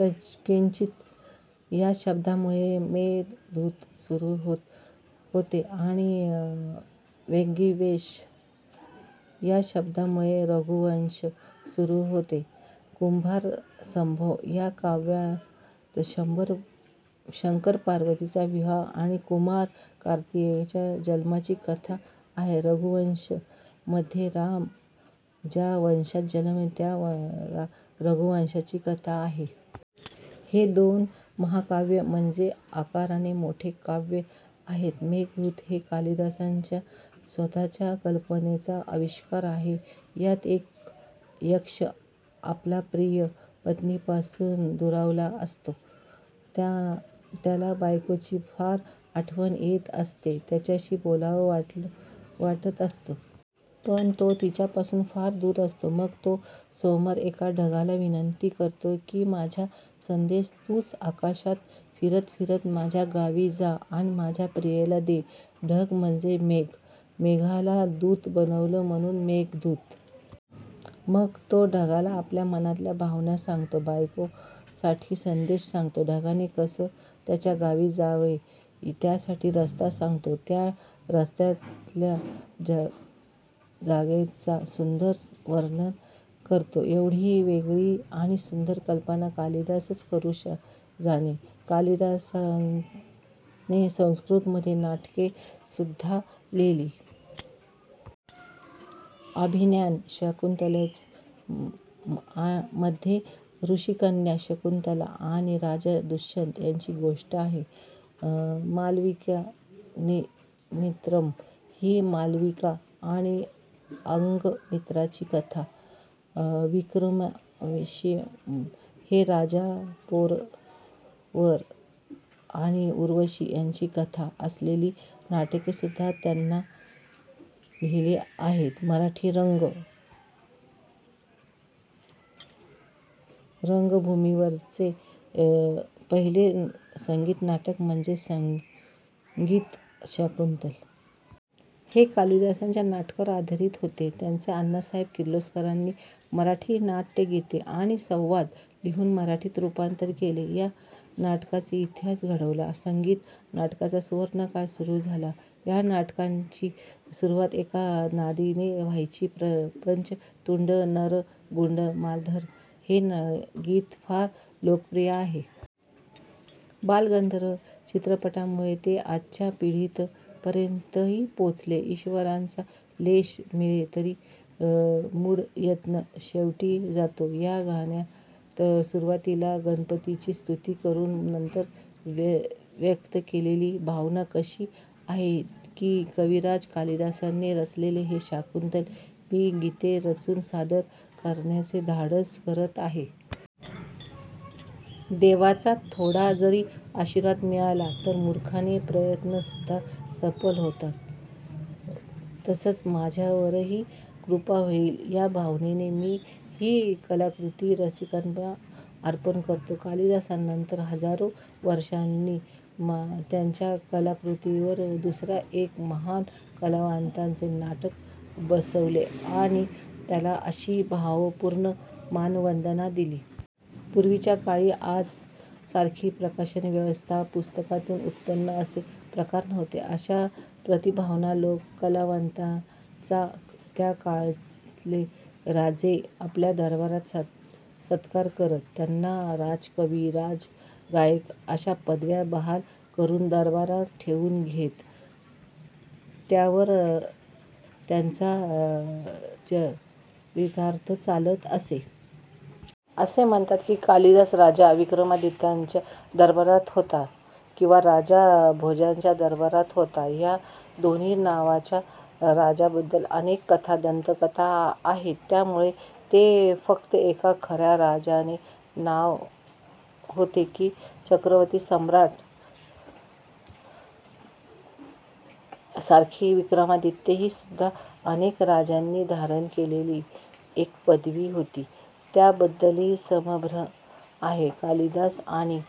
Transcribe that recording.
कश्चीत या शब्दापासुन मेघदूत सुरु होते आणि वाग्विशेष या शब्दापासुन रघुवंश सुरु होते. कुमारसंभव या काव्यात शंकर पार्वतीचा विवाह आणि कुमार कार्तिकेयाच्या जन्माची कथा आहे. रघुवंश मध्ये राम ज्या वंशात जन्मले त्या रघुवंशाची कथा आहे. हे दोन महाकाव्य म्हणजे आकाराने मोठे काव्य आहेत. मेघदूत हे कालिदासाच्या स्वतःच्या कल्पनेचा अविष्कार आहे. यात एक यक्ष आपल्या प्रिय पत्नीपासुन दुरावला असतो. त्याला बायकोची फार आठवण येत असते. तिच्याशी बोलावं वाटत असतं. पण तो तिच्यापासुन फार दूर असतो. मग तो समोर एका ढगाला विनंती करतो कि माझा संदेश तुच आकाशात फिरत फिरत माझ्या गावी जा आणि माझ्या प्रियेला दे. ढग म्हणजे मेघ. मेघाला दुत बनवले म्हणुन मेघदूत. मग तो ढगाला आपल्या मनातल्या भावना सांगतो. बायकोसाठी संदेश सांगतो. ढगाने कसे त्याच्या गावी जावे त्यासाठी रस्ता सांगतो. त्या रस्त्यातल्या जागांचे सुंदर वर्णन करतो. एवढी वेगळी आणि सुंदर कल्पना कालिदासच करू जाणे. कालिदासाने संस्कृत मध्ये नाटके सुद्धा लिहिली. अभिज्ञान शाकुंतलम् मध्ये ऋषिकन्या शकुंतला आणि राजा दुष्यंत यांची गोष्ट आहे. मालविकाग्निमित्रम हि मालविका आणि अंगमित्राची कथा, विक्रमोर्वशियम हे राजा पौरवस आणि उर्वशी यांची कथा असलेली नाटकेसुद्धा त्याने लिहिली आहेत. मराठी रंगभूमीवरचे पहिले संगीत नाटक म्हणजे संगीत शाकुंतल. हे कालिदासाच्याच नाटकावर आधारित होते. त्याचे अण्णासाहेब किर्लोस्करांनी मराठी नाट्यगीते आणि संवाद लिहुन मराठीत रूपांतर केले. ह्या नाटकाने इतिहास घडवला, संगीत नाटकांचा सुवर्णकाळ सुरु केला. ह्या नाटकाची सुरुवात एका नांदीने व्हायची. पंचतुंड नरगुंडमालधर हे गीत फार लोकप्रिय आहे. बालगंधर्व चित्रपटामुळे ते आजच्या पिढीपर्यंतही पोहोचले. ईशवराचा लेश मिळे तरि मूढयत्न शेवटिं जातो. ह्या गाण्यात सुरुवातीला गणपतीची स्तुती करून नंतर व्यक्त केलेली भावना अशी आहे कि कविराज कालिदासाने रचलेले हे शाकुंतल मी गीते रचुन सादर करण्याचे धाडस करत आहे. देवाचा थोडाजरी आशीर्वाद मिळाला तर मूर्खाचे प्रयत्नसुद्धा सफल होतात. तसंच माझ्यावरही कृपा होईल या भावनेने मी हि कलाकृती रसिकांना अर्पण करतो. कालिदासानंतर हजारो वर्षांनी त्याच्या कलाकृतीवर दुसऱ्या एका महान कलावंताने नाटक बसवले आणि त्याला अशी भावपूर्ण मानवंदना दिली. पूर्वीच्या काळी आजसारखी प्रकाशन व्यवस्था, पुस्तकांतुन उत्पन्न असे प्रकार नव्हते. अशा प्रतिभावान कलावंतांचा त्याकाळातले राजे आपल्या दरबारात सत्कार करत, त्यांना राजकवी, राजगायक अशा पदव्या बहाल करून दरबारात ठेवुन घेत. त्यावरच त्यांचा चरितार्थ चालत असे. असे म्हणतात कि कालिदास राजा विक्रमादित्याच्या दरबारात होता. किंवा राजा भोजाच्या दरबारात होता. ह्या दोन्ही नावाच्या राजांबद्दल अनेक कथा दंतकथा आहेत त्यामुळे ते फक्त एका खऱ्या राजाचे नाव होते कि चक्रवर्ती सम्राट सारखी विक्रमादित्य हीसुद्धा अनेक राजांनी धारण केलेली एक पदवी होती याबद्दलही संभ्रम आहे. कालिदास आणि